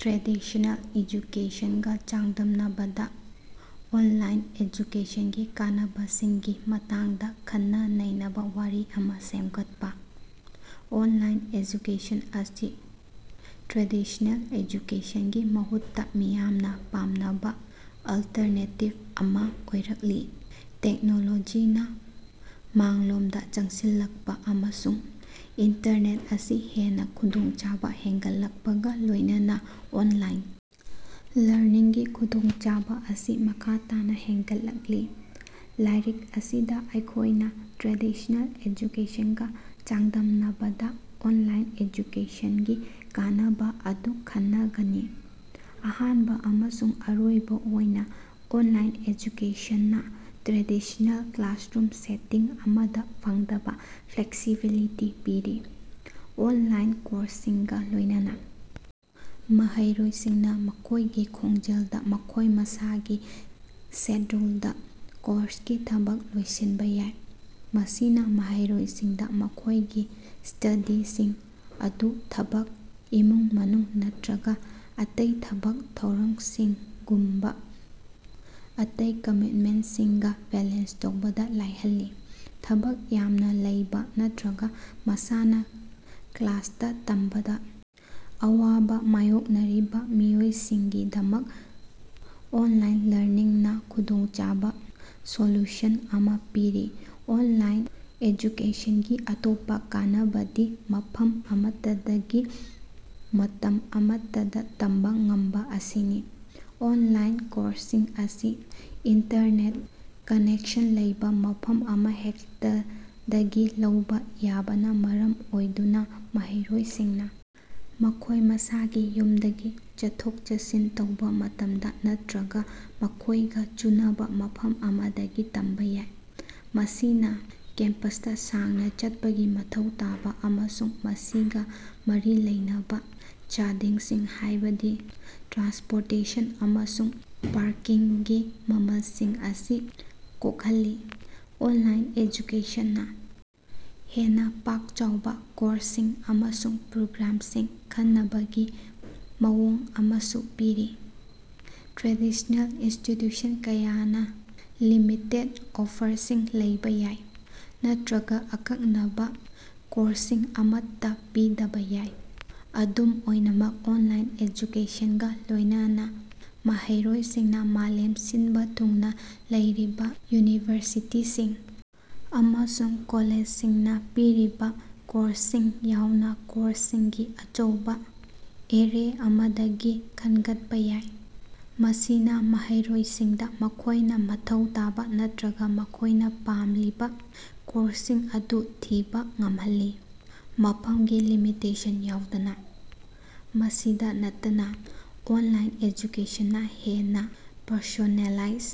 Traditional ꯑꯦꯖꯨꯀꯦꯁꯟꯒ ꯆꯥꯡꯗꯝꯅꯕꯗ online ꯑꯦꯖꯨꯀꯦꯁꯟꯒꯤ ꯀꯥꯟꯅꯕꯁꯤꯡꯒꯤ ꯃꯇꯥꯡꯗ ꯈꯟꯅ-ꯅꯩꯅꯕꯥ ꯋꯥꯔꯤ ꯑꯃ ꯁꯦꯝꯒꯠꯄꯥ꯫ ꯑꯣꯟꯂꯥꯏꯟ ꯑꯦꯖꯨꯀꯦꯁꯟ ꯑꯁꯤ ꯇ꯭ꯔꯦꯗꯤꯁꯅꯦꯜ ꯑꯦꯖꯨꯀꯦꯁꯟꯒꯤ ꯃꯍꯨꯠꯇ ꯃꯤꯌꯥꯝꯅ ꯄꯥꯝꯅꯕ ꯑꯜꯇꯔꯅꯦꯇꯤꯕ ꯑꯃ ꯑꯣꯏꯔꯛꯂꯤ꯫ ꯇꯦꯛꯅꯣꯂꯣꯖꯤꯅ ꯃꯥꯡꯂꯣꯝꯗ ꯆꯪꯁꯤꯜꯂꯛꯄꯥ ꯑꯃꯁꯨꯡ ꯏꯟꯇꯔꯅꯦꯠ ꯑꯁꯤ ꯍꯦꯟꯅ ꯈꯨꯗꯣꯡꯆꯥꯕ ꯍꯦꯟꯒꯠꯂꯛꯄꯒꯥ ꯂꯣꯏꯅꯅ ꯑꯣꯟꯂꯥꯏꯟ ꯂꯔꯅꯤꯡꯒꯤ ꯈꯨꯗꯣꯡꯆꯥꯕꯁꯤꯡ ꯑꯁꯤ ꯃꯈꯥ ꯇꯥꯅꯥ ꯍꯦꯟꯒꯠꯂꯛꯂꯤ꯫ ꯂꯥꯏꯔꯤꯛ ꯑꯁꯤꯗ ꯑꯩꯈꯣꯏꯅ ꯇ꯭ꯔꯦꯗꯤꯁꯅꯦꯜ ꯑꯦꯖꯨꯀꯦꯁꯟꯒꯥ ꯆꯥꯡꯗꯝꯅꯕꯗ ꯑꯣꯟꯂꯥꯏꯟ ꯑꯦꯖꯨꯀꯦꯁꯟꯒꯤ ꯀꯥꯟꯅꯕ ꯑꯗꯨ ꯈꯟꯅꯒꯅꯤ꯫ ꯑꯍꯥꯟꯕ ꯑꯃꯁꯨꯡ ꯑꯔꯣꯏꯕ ꯑꯣꯏꯅ, ꯑꯣꯟꯂꯥꯏꯟ ꯑꯦꯖꯨꯀꯦꯁꯟꯅꯥ ꯇ꯭ꯔꯦꯗꯤꯁꯅꯦꯜ ꯀ꯭ꯂꯥꯁꯔꯨꯝ ꯁꯦꯇꯤꯡ ꯑꯃꯗ ꯐꯪꯗꯕ ꯐ꯭ꯂꯦꯛꯁꯤꯕꯤꯂꯤꯇꯤ ꯄꯤꯔꯤ꯫ ꯑꯣꯟꯂꯥꯏꯟ ꯀꯣꯔꯁꯁꯤꯡꯒ ꯂꯣꯏꯅꯅ ꯃꯍꯩꯔꯣꯏꯁꯤꯡꯅꯥ ꯃꯈꯣꯏꯒꯤ ꯈꯣꯡꯖꯦꯜꯗꯥ, ꯃꯈꯣꯏ ꯃꯁꯥꯒꯤ ꯁꯦꯗ꯭ꯌꯨꯜꯗꯥ ꯀꯣꯔꯁꯀꯤ ꯊꯕꯛ ꯂꯣꯏꯁꯤꯟꯕ ꯌꯥꯏ꯫ ꯃꯁꯤꯅꯥ ꯃꯍꯩꯔꯣꯏꯁꯤꯡꯗꯥ ꯃꯈꯣꯏꯒꯤ ꯁ꯭ꯇꯗꯤꯁꯤꯡ ꯑꯗꯨ ꯊꯕꯛ, ꯏꯃꯨꯡ-ꯃꯅꯨꯡ ꯅꯠꯇ꯭ꯔꯒꯥ ꯑꯇꯩ ꯊꯕꯛ ꯊꯧꯔꯝꯁꯤꯡꯒꯨꯝꯕꯥ ꯑꯇꯩ ꯀꯃꯤꯠꯃꯦꯟꯁꯤꯡꯒꯥ ꯕꯦꯂꯦꯟꯁ ꯇꯧꯕꯗꯥ ꯂꯥꯏꯍꯜꯂꯤ꯫ ꯊꯕꯛ ꯌꯥꯝꯅꯥ ꯂꯩꯕꯥ ꯅꯠꯇ꯭ꯔꯒꯥ ꯃꯁꯥꯅꯥ ꯀ꯭ꯂꯥꯁꯇꯥ ꯇꯝꯕꯗꯥ ꯑꯋꯥꯕꯥ ꯃꯥꯌꯣꯛꯅꯔꯤꯕꯥ ꯃꯤꯑꯣꯏꯁꯤꯡꯒꯤꯗꯃꯛ ꯑꯣꯟꯂꯥꯏꯟ ꯂꯔꯅꯤꯡꯅꯥ ꯈꯨꯗꯣꯡꯆꯥꯕ ꯁꯣꯂꯨꯁꯟ ꯑꯃ ꯄꯤꯔꯤ꯫ ꯑꯣꯟꯂꯥꯏꯟ ꯑꯦꯖꯨꯀꯦꯁꯟꯒꯤ ꯑꯇꯣꯞꯄꯥ ꯀꯥꯟꯅꯕꯗꯤ ꯃꯐꯝ ꯑꯃꯠꯇꯗꯒꯤ, ꯃꯇꯝ ꯑꯃꯠꯇꯗꯥ ꯇꯝꯕꯥ ꯉꯝꯕꯥ ꯑꯁꯤꯅꯤ꯫ ꯑꯣꯟꯂꯥꯏꯟ ꯀꯣꯔꯁꯁꯤꯡ ꯑꯁꯤ ꯏꯟꯇꯔꯅꯦꯠ ꯀꯅꯦꯛꯁꯟ ꯂꯩꯕꯥ ꯃꯐꯝ ꯑꯃꯍꯦꯛꯇꯗꯒꯤ ꯂꯧꯕꯥ ꯌꯥꯕꯅꯥ ꯃꯔꯝ ꯑꯣꯏꯗꯨꯅꯥ ꯃꯍꯩꯔꯣꯏꯁꯤꯡꯅꯥ ꯃꯈꯣꯏ ꯃꯁꯥꯒꯤ ꯌꯨꯝꯗꯒꯤ, ꯆꯠꯊꯣꯛ-ꯆꯠꯁꯤꯟ ꯇꯧꯕꯥ ꯃꯇꯝꯗ ꯅꯠꯇ꯭ꯔꯒꯥ ꯃꯈꯣꯏꯒꯥ ꯆꯨꯅꯕꯥ ꯃꯐꯝ ꯑꯃꯗꯒꯤ ꯇꯝꯕꯥ ꯌꯥꯏ꯫ ꯃꯁꯤꯅꯥ ꯀꯦꯝꯄꯁꯇꯥ ꯁꯥꯡꯅꯥ ꯆꯠꯄꯒꯤ ꯃꯊꯧ ꯇꯥꯕꯥ ꯑꯃꯁꯨꯡ ꯃꯁꯤꯒꯥ ꯃꯔꯤ ꯂꯩꯅꯕꯥ ꯆꯥꯗꯤꯡꯁꯤꯡ, ꯍꯥꯏꯕꯗꯤ ꯇ꯭ꯔꯥꯟꯁꯄꯣꯔꯇꯦꯁꯟ ꯑꯃꯁꯨꯡ ꯄꯥꯔꯀꯤꯡꯒꯤ ꯃꯃꯜꯁꯤꯡ ꯑꯁꯤ ꯀꯣꯛꯍꯜꯂꯤ꯫ ꯑꯣꯟꯂꯥꯏꯟ ꯑꯦꯖꯨꯀꯦꯁꯟꯅꯥ ꯍꯦꯟꯅꯥ ꯄꯥꯛ-ꯆꯥꯎꯕꯥ ꯀꯣꯔꯁꯁꯤꯡ ꯑꯃꯁꯨꯡ ꯄ꯭ꯔꯣꯒ꯭ꯔꯥꯝꯁꯤꯡ ꯈꯟꯅꯕꯒꯤ ꯃꯑꯣꯡ ꯑꯃꯁꯨ ꯄꯤꯔꯤ꯫ ꯇ꯭ꯔꯦꯗꯤꯁꯅꯦꯜ ꯏꯟꯁꯇꯤꯇ꯭ꯌꯨꯁꯟ ꯀꯌꯥꯅ ꯂꯤꯃꯤꯇꯦꯠ ꯑꯣꯐꯔꯁꯤꯡ ꯂꯩꯕꯥ ꯌꯥꯏ ꯅꯠꯇ꯭ꯔꯒꯥ ꯑꯀꯛꯅꯕꯥ ꯀꯣꯔꯁꯁꯤꯡ ꯑꯃꯠꯇꯥ ꯄꯤꯗꯕꯥ ꯌꯥꯏ꯫ ꯑꯗꯨꯝ ꯑꯣꯏꯅꯃꯛ, ꯑꯣꯟꯂꯥꯏꯟ ꯑꯦꯖꯨꯀꯦꯁꯟꯒ ꯂꯣꯏꯅꯅ ꯃꯍꯩꯔꯣꯏꯁꯤꯡꯅꯥ ꯃꯥꯂꯦꯝ ꯁꯤꯟꯕ ꯊꯨꯡꯅꯥ ꯂꯩꯔꯤꯕ ꯌꯨꯅꯤꯚꯔꯁꯤꯇꯤꯁꯤꯡ ꯑꯃꯁꯨꯡ ꯀꯣꯂꯦꯖꯁꯤꯡꯅꯥ ꯄꯤꯔꯤꯕꯥ ꯀꯣꯔꯁꯁꯤꯡ ꯌꯥꯎꯅ ꯀꯣꯔꯁꯁꯤꯡꯒꯤ ꯑꯆꯧꯕꯥ ꯑꯦꯔꯦ ꯑꯃꯗꯒꯤ ꯈꯟꯒꯠꯄꯥ ꯌꯥꯏ꯫ ꯃꯁꯤꯅꯥ ꯃꯍꯩꯔꯣꯏꯁꯤꯡꯗꯥ ꯃꯈꯣꯏꯅꯥ ꯃꯊꯧ ꯇꯥꯕꯥ ꯅꯠꯇ꯭ꯔꯒꯥ ꯃꯈꯣꯏꯅꯥ ꯄꯥꯝꯂꯤꯕꯥ ꯀꯣꯔꯁꯁꯤꯡ ꯑꯗꯨ ꯊꯤꯕꯥ ꯉꯝꯍꯜꯂꯤ, ꯃꯐꯝꯒꯤ ꯂꯤꯃꯤꯇꯦꯁꯟ ꯌꯥꯎꯗꯅ ꯫ ꯃꯁꯤꯗꯥ ꯅꯠꯇꯅꯥ ꯑꯣꯟꯂꯥꯏꯟ ꯑꯦꯖꯨꯀꯦꯁꯟꯅꯥ ꯍꯦꯟꯅꯥ ꯄꯔꯁꯣꯅꯦꯂꯥꯏꯖ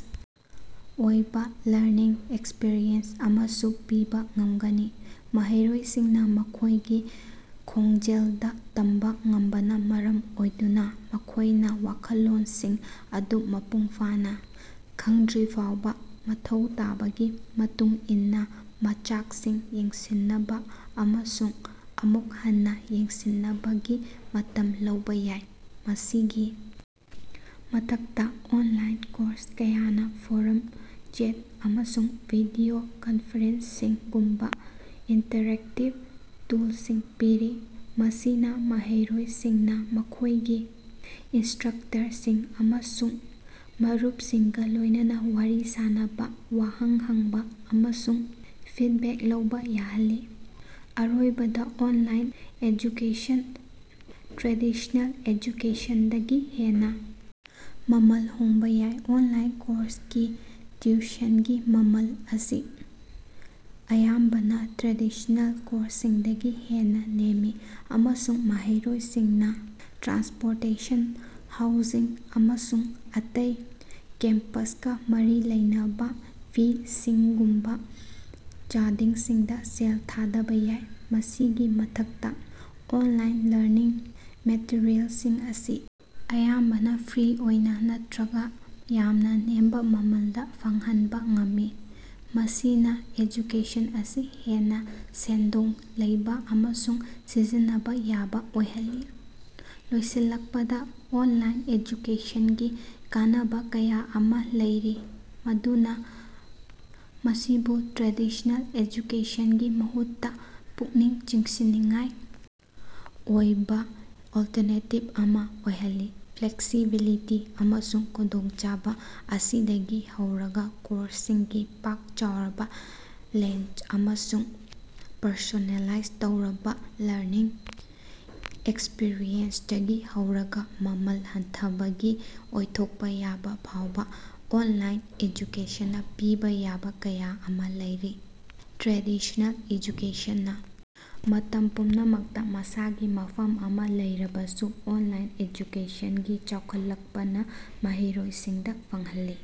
ꯑꯣꯏꯕꯥ ꯂꯔꯅꯤꯡ ꯑꯦꯛꯁꯄꯤꯔꯤꯑꯦꯟꯁ ꯑꯃꯁꯨ ꯄꯤꯕꯥ ꯉꯝꯒꯅꯤ꯫ ꯃꯍꯩꯔꯣꯏꯁꯤꯡꯅꯥ ꯃꯈꯣꯏꯒꯤ ꯈꯣꯡꯖꯦꯜꯗꯥ ꯇꯝꯕꯥ ꯉꯝꯕꯅꯥ ꯃꯔꯝ ꯑꯣꯏꯗꯨꯅꯥ ꯃꯈꯣꯏꯅꯥ ꯋꯥꯈꯜꯂꯣꯟꯁꯤꯡ ꯑꯗꯨ ꯃꯄꯨꯡ ꯐꯥꯅꯥ ꯈꯪꯗ꯭ꯔꯤꯐꯥꯎꯕꯥ ꯃꯊꯧ ꯇꯥꯕꯒꯤ ꯃꯇꯨꯡ ꯏꯟꯅꯥ ꯃꯆꯥꯛꯁꯤꯡ ꯌꯦꯡꯁꯤꯟꯅꯕꯥ ꯑꯃꯁꯨꯡ ꯑꯃꯨꯛ ꯍꯟꯅꯥ ꯌꯦꯡꯁꯤꯟꯅꯕꯒꯤ ꯃꯇꯝ ꯂꯧꯕꯥ ꯌꯥꯏ꯫ ꯃꯁꯤꯒꯤ ꯃꯊꯛꯇꯥ, ꯑꯣꯟꯂꯥꯏꯟ ꯀꯣꯔꯁ ꯀꯌꯥꯅꯥ ꯐꯣꯔꯝ, ꯆꯦꯠ, ꯑꯃꯁꯨꯡ ꯚꯤꯗꯤꯑꯣ ꯀꯟꯐꯔꯦꯟꯁꯤꯡꯒꯨꯝꯕꯥ ꯏꯟꯇꯔꯦꯛꯇꯤꯞ ꯇꯨꯜꯁꯤꯡ ꯄꯤꯔꯤ, ꯃꯁꯤꯅꯥ ꯃꯍꯩꯔꯣꯏꯁꯤꯡꯅꯥ ꯃꯈꯣꯏꯒꯤ ꯏꯟꯁꯇ꯭ꯔꯛꯇꯔꯁꯤꯡ ꯑꯃꯁꯨꯡ ꯃꯔꯨꯞꯁꯤꯡꯒꯥ ꯂꯣꯏꯅꯅ ꯋꯥꯔꯤ ꯁꯥꯅꯕꯥ, ꯋꯥꯍꯪ ꯍꯪꯕꯥ ꯑꯃꯁꯨꯡ ꯐꯤꯠꯕꯦꯛ ꯂꯧꯕꯥ ꯌꯥꯍꯜꯂꯤ꯫ ꯑꯔꯣꯏꯕꯗꯥ, ꯑꯣꯟꯂꯥꯏꯟ ꯑꯦꯖꯨꯀꯦꯁꯟꯁꯨ ꯇ꯭ꯔꯦꯗꯤꯁꯅꯦꯜ ꯑꯦꯖꯨꯀꯦꯁꯟꯗꯒꯤ ꯍꯦꯟꯅꯥ ꯃꯃꯜ ꯍꯣꯡꯕꯥ ꯌꯥꯏ꯫ ꯑꯣꯟꯂꯥꯏꯟ ꯀꯣꯔꯁꯁꯤꯡꯒꯤ ꯇꯤꯎꯁꯟꯒꯤ ꯃꯃꯜ ꯑꯁꯤ ꯑꯌꯥꯝꯕꯅꯥ ꯇ꯭ꯔꯦꯗꯤꯁꯅꯦꯜ ꯀꯣꯔꯁꯁꯤꯡꯗꯒꯤ ꯍꯦꯟꯅꯥ ꯅꯦꯝꯃꯤ, ꯑꯃꯁꯨꯡ ꯃꯍꯩꯔꯣꯏꯁꯤꯡꯅꯥ ꯇ꯭ꯔꯥꯟꯁꯄꯣꯔꯇꯦꯁꯟ, ꯍꯥꯎꯖꯤꯡ, ꯑꯃꯁꯨꯡ ꯑꯇꯩ ꯀꯦꯝꯄꯁꯀꯥ ꯃꯔꯤ ꯂꯩꯅꯕꯥ ꯐꯤꯁꯤꯡꯒꯨꯝꯕꯥ ꯆꯥꯗꯤꯡꯁꯤꯡꯗꯥ ꯁꯦꯜ ꯊꯥꯗꯕꯥ ꯌꯥꯏ꯫ ꯃꯁꯤꯒꯤ ꯃꯊꯛꯇꯥ, ꯑꯣꯟꯂꯥꯏꯟ ꯂꯔꯅꯤꯡ ꯃꯦꯇꯔꯤꯑꯦꯜꯁꯤꯡ ꯑꯁꯤ ꯑꯌꯥꯝꯕꯅꯥ ꯐ꯭ꯔꯤ ꯑꯣꯏꯅꯥ ꯅꯠꯇꯔꯒꯥ ꯌꯥꯝꯅꯥ ꯅꯦꯝꯕ ꯃꯃꯜꯗꯥ ꯐꯪꯍꯟꯕ ꯉꯝꯃꯤ, ꯃꯁꯤꯅ ꯑꯦꯖꯨꯀꯦꯁꯟ ꯑꯁꯤ ꯍꯦꯟꯅꯥ ꯁꯦꯟꯗꯣꯡ ꯂꯩꯕꯥ ꯑꯃꯁꯨꯡ ꯁꯤꯖꯤꯟꯅꯕꯥ ꯌꯥꯕꯥ ꯑꯣꯏꯍꯜꯂꯤ꯫ ꯂꯣꯏꯁꯤꯜꯂꯛꯄꯗꯥ, ꯑꯣꯟꯂꯥꯏꯟ ꯑꯦꯖꯨꯀꯦꯁꯟꯒꯤ ꯀꯥꯟꯅꯕ ꯀꯌꯥ ꯑꯃ ꯂꯩꯔꯤ ꯃꯗꯨꯅꯥ ꯃꯁꯤꯕꯨ ꯇ꯭ꯔꯦꯗꯤꯁ꯭ꯅꯦꯜ ꯑꯦꯖꯨꯀꯦꯁꯟꯒꯤ ꯃꯍꯨꯠꯇꯥ ꯄꯨꯛꯅꯤꯡ ꯆꯤꯡꯁꯤꯟꯅꯤꯡꯉꯥꯏ ꯑꯣꯏꯕꯥ ꯑꯜꯇꯔꯅꯦꯇꯤꯞ ꯑꯃ ꯑꯣꯏꯍꯜꯂꯤ꯫ ꯐ꯭ꯂꯦꯛꯁꯤꯕꯤꯂꯤꯇꯤ ꯑꯃꯁꯨꯡ ꯈꯨꯗꯣꯡꯆꯥꯕꯥ ꯑꯁꯤꯗꯒꯤ ꯍꯧꯔꯒꯥ ꯀꯣꯔꯁꯁꯤꯡꯒꯤ ꯄꯥꯛ ꯆꯥꯎꯔꯕꯥ ꯔꯦꯟꯖ ꯑꯃꯁꯨꯡ ꯄꯔꯁꯣꯅꯦꯂꯥꯏꯖ ꯇꯧꯔꯕꯥ ꯂꯔꯅꯤꯡ ꯑꯦꯛꯁꯄꯤꯔꯤꯌꯦꯟꯁꯇꯒꯤ ꯍꯧꯔꯒꯥ, ꯃꯃꯜ ꯍꯟꯊꯕꯒꯤ ꯑꯣꯏꯊꯣꯛꯄ ꯌꯥꯕꯥ ꯐꯥꯎꯕꯥ, ꯑꯣꯟꯂꯥꯏꯟ ꯑꯦꯖꯨꯀꯦꯁꯟꯅꯥ ꯄꯤꯕꯥ ꯌꯥꯕꯥ ꯀꯌꯥ ꯑꯃ ꯂꯩꯔꯤ꯫ ꯇ꯭ꯔꯦꯗꯤꯁꯅꯦꯜ ꯑꯦꯖꯨꯀꯦꯁꯟꯅꯥ ꯃꯇꯝ ꯄꯨꯝꯅꯃꯛꯇꯥ ꯃꯁꯥꯒꯤ ꯃꯐꯝ ꯑꯃꯥ ꯂꯩꯔꯕꯁꯨ, ꯑꯣꯟꯂꯥꯏꯟ ꯑꯦꯖꯨꯀꯦꯁꯟꯒꯤ ꯆꯥꯎꯈꯠꯂꯛꯄꯅ ꯃꯍꯩꯔꯣꯏꯁꯤꯡꯗ ꯐꯪꯍꯜꯂꯤ꯫